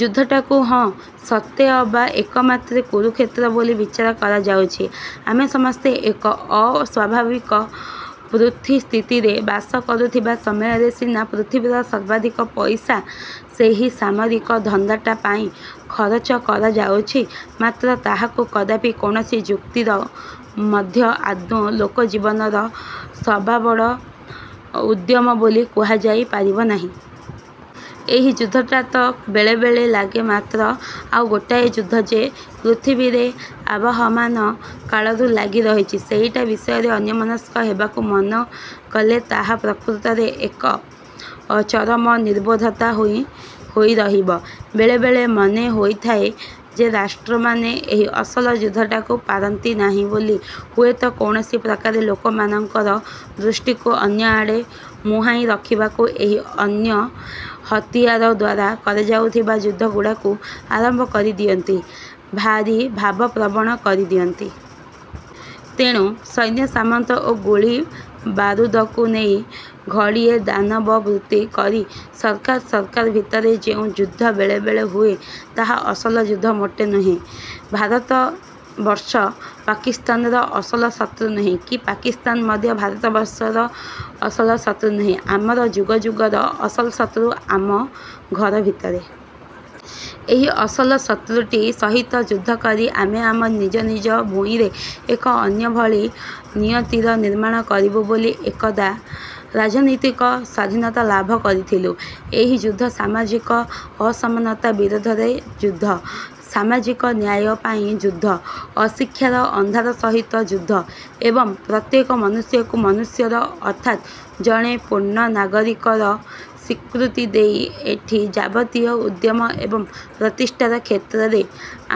ଯୁଦ୍ଧଟାକୁ ହଁ ସତେଅବା ଏକମାତ୍ରେ କୁରୁକ୍ଷେତ୍ର ବୋଲି ବିଚାର କରାଯାଉଛି। ଆମେ ସମସ୍ତେ ଏକ ଅସ୍ୱାଭାବିକ ପୃଥ୍ଵୀସ୍ଥିତିରେ ବାସ କରୁଥିବା ସମୟରେ ସିନା ପୃଥିବୀର ସର୍ବାଧିକ ପଇସା ସେହି ସାମରିକ ଧନ୍ଦାଟା ପାଇଁ ଖରଚ କରାଯାଉଛି ମାତ୍ର ତାହାକୁ କଦାପି କୌଣସି ଯୁକ୍ତିର ମଧ୍ୟ ଆଦୌ ଲୋକଜୀବନର ସବାବଡ଼ ଉଦ୍ୟମ ବୋଲି କୁହାଯାଇ ପାରିବ ନାହିଁ। ଏହି ଯୁଦ୍ଧଟା ତ ବେଳେ ବେଳେ ଲାଗେ ମାତ୍ର ଆଉ ଗୋଟାଏ ଯୁଦ୍ଧ ଯେ ପୃଥିବୀରେ ଆବହମାନ କାଳରୁ ଲାଗିରହିଚି, ସେହିଟା ବିଷୟରେ ଅନ୍ୟମନସ୍କ ହେବାକୁ ମନକଲେ ତାହା ପ୍ରକୃତରେ ଏକ ଅ ଚରମ ନିର୍ବୋଧତା ହୋଇ ହୋଇ ରହିବ। ବେଳେ ବେଳେ ମନେ ହୋଇଥାଏ ଯେ ରାଷ୍ଟ୍ରମାନେ ଏହି ଅସଲ ଯୁଦ୍ଧଟାକୁ ପାରନ୍ତି ନାହିଁ ବୋଲି ହୁଏତ କୌଣସି ପ୍ରକାରେ ଲୋକମାନଙ୍କର ଦୃଷ୍ଟିକୁ ଅନ୍ୟଆଡ଼େ ମୁହାଁଇ ରଖିବାକୁ ଏହି ଅନ୍ୟ ହତିଆର ଦ୍ୱାରା କରାଯାଉଥିବା ଯୁଦ୍ଧଗୁଡ଼ାକୁ ଆରମ୍ଭ କରିଦିଅନ୍ତି, ଭାରି ଭାବପ୍ରବଣ କରିଦିଅନ୍ତି। ତେଣୁ ସୈନ୍ୟସାମନ୍ତ ଓ ଗୁଳିବାରୁଦକୁ ନେଇ ଘଡ଼ିଏ ଦାନବବୃତ୍ତି କରି ସରକାର ସରକାର ଭିତରେ ଯେଉଁ ଯୁଦ୍ଧ ବେଳେବେଳେ ହୁଏ ତାହା ଅସଲ ଯୁଦ୍ଧ ମୋଟେ ନୁହେଁ। ଭାରତବର୍ଷ ପାକିସ୍ତାନର ଅସଲ ଶତ୍ରୁ ନୁହେଁ କି ପାକିସ୍ତାନ ମଧ୍ୟ ଭାରତବର୍ଷର ଅସଲ ଶତ୍ରୁ ନୁହେଁ। ଆମର ଯୁଗ ଯୁଗର ଅସଲ ଶତ୍ରୁ ଆମ ଘରଭିତରେ। ଏହି ଅସଲ ଶତ୍ରୁଟି ସହିତ ଯୁଦ୍ଧ କରି ଆମେ ଆମ ନିଜ ନିଜ ଭୂଇଁରେ ଏକ ଅନ୍ୟଭଳି ନିୟତିର ନିର୍ମାଣ କରିବୁ ବୋଲି ଏକଦା ରାଜନୀତିକ ସ୍ୱାଧୀନତା ଲାଭ କରିଥିଲୁ। ଏହି ଯୁଦ୍ଧ ସାମାଜିକ ଅସମାନତା ବିରୋଧରେ ଯୁଦ୍ଧ, ସାମାଜିକ ନ୍ୟାୟ ପାଇଁ ଯୁଦ୍ଧ, ଅଶିକ୍ଷାର ଅନ୍ଧାର ସହିତ ଯୁଦ୍ଧ ଏବଂ ପ୍ରତ୍ୟେକ ମନୁଷ୍ୟକୁ ମନୁଷ୍ୟର ଅର୍ଥାତ୍ ଜଣେ ପୂର୍ଣ୍ଣ ନାଗରିକର ସ୍ୱୀକୃତି ଦେଇ ଏଠି ଯାବତୀୟ ଉଦ୍ୟମ ଏବଂ ପ୍ରତିଷ୍ଠାର କ୍ଷେତ୍ରରେ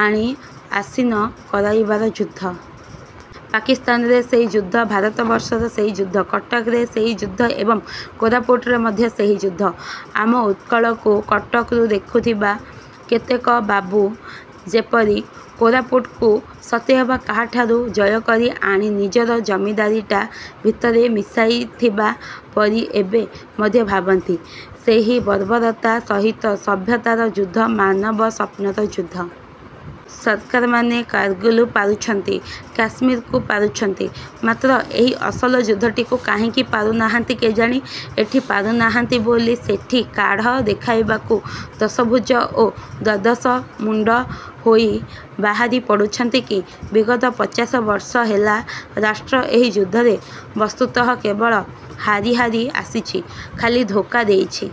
ଆଣି ଆସୀନ କରାଇବାର ଯୁଦ୍ଧ। ପାକିସ୍ତାନରେ ସେଇ ଯୁଦ୍ଧ, ଭାରତବର୍ଷର ସେଇ ଯୁଦ୍ଧ। କଟକରେ ସେଇ ଯୁଦ୍ଧ ଏବଂ କୋରାପୁଟରେ ମଧ୍ୟ ସେହି ଯୁଦ୍ଧ। ଆମ ଉତ୍କଳକୁ କଟକରୁ ଦେଖୁଥିବା କେତେକ ବାବୁ ଯେପରି କୋରାପୁଟକୁ ସତେଅବା କାହାଠାରୁ ଜୟକରି ଆଣି ନିଜର ଜମିଦାରୀଟା ଭିତରେ ମିଶାଇଥିବା ପରି ଏବେ ମଧ୍ୟ ଭାବନ୍ତି, ସେହି ବର୍ବରତା ସହିତ ସଭ୍ୟତାର ଯୁଦ୍ଧ, ମାନବସ୍ୱପ୍ନତ ଯୁଦ୍ଧ। ସରକାରମାନେ କାରଗିଲୁ ପାରୁଛନ୍ତି, କାଶ୍ମୀରକୁ ପାରୁଛନ୍ତି, ମାତ୍ର ଏହି ଅସଲ ଯୁଦ୍ଧଟିକୁ କାହିଁକି ପାରୁନାହାନ୍ତି କେଜାଣି? ଏଠି ପାରୁନାହାନ୍ତି ବୋଲି ସେଠି କାଢ଼ ଦେଖାଇବାକୁ ଦଶଭୁଜ ଓ ଦ୍ଵାଦଶମୁଣ୍ଡ ହୋଇ ବାହାରି ପଡୁଛନ୍ତି କି? ବିଗତ ପଚାଶ ବର୍ଷ ହେଲା ରାଷ୍ଟ୍ର ଏହି ଯୁଦ୍ଧରେ ବସ୍ତୁତଃ କେବଳ ହାରି ହାରି ଆସିଛି, ଖାଲି ଧୋକା ଦେଇଛି।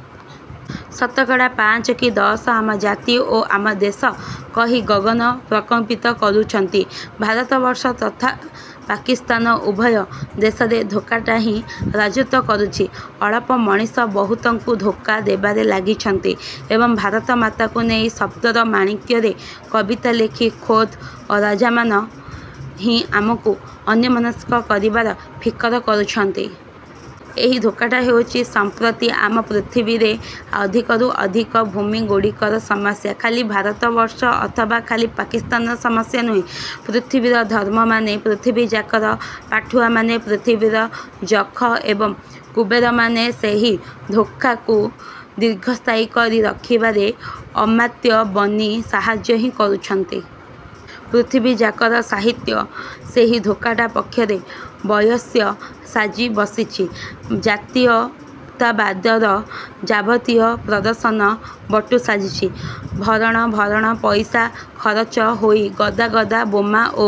ଶତକଡ଼ା ପାଞ୍ଚ କି ଦଶ ଆମ ଜାତି ଓ ଆମ ଦେଶ କହି ଗଗନ ପ୍ରକମ୍ପିତ କରୁଛନ୍ତି। ଭାରତବର୍ଷ ତଥା ପାକିସ୍ତାନ ଉଭୟ ଦେଶରେ ଧୋକାଟା ହିଁ ରାଜତ୍ୱ କରୁଛି। ଅଳପ ମଣିଷ ବହୁତଙ୍କୁ ଧୋକା ଦେବାରେ ଲାଗିଛନ୍ତି ଏବଂ ଭାରତମାତାଙ୍କୁ ନେଇ ଶବ୍ଦର ମାଣିକ୍ୟରେ କବିତା ଲେଖି ଖୋଦ୍ ଅ ରାଜାମାନ ହିଁ ଆମକୁ ଅନ୍ୟମନସ୍କ କରିବାର ଫିକର କରୁଛନ୍ତି। ଏହି ଧୋକାଟା ହେଉଚି ସମ୍ପ୍ରତି ଆମ ପୃଥିବୀରେ ଅଧିକରୁ ଅଧିକ ଭୂମି ଗୁଡ଼ିକର ସମସ୍ୟା। ଖାଲି ଭାରତବର୍ଷ ଅଥବା ଖାଲି ପାକିସ୍ତାନର ସମସ୍ୟା ନୁହେଁ। ପୃଥିବୀର ଧର୍ମମାନେ, ପୃଥିବୀଯାକର ପାଠୁଆମାନେ, ପୃଥିବୀର ଯଖ ଏବଂ କୁବେରମାନେ ସେହି ଧୋଖାକୁ ଦୀର୍ଘସ୍ଥାୟୀ କରି ରଖିବାରେ ଅମାତ୍ୟ ବନି ସାହାଯ୍ୟ ହିଁ କରୁଛନ୍ତି। ପୃଥିବୀଯାକର ସାହିତ୍ୟ ସେହି ଧୋକାଟା ପକ୍ଷରେ ବୟସ୍ୟ ସାଜି ବସିଛି। ଜାତୀୟତାବାଦର ଯାବତୀୟ ପ୍ରଦର୍ଶନ ବଟୁ ସାଜିଛି। ଭରଣ ଭରଣ ପଇସା ଖରଚ ହୋଇ ଗଦା ଗଦା ବୋମା ଓ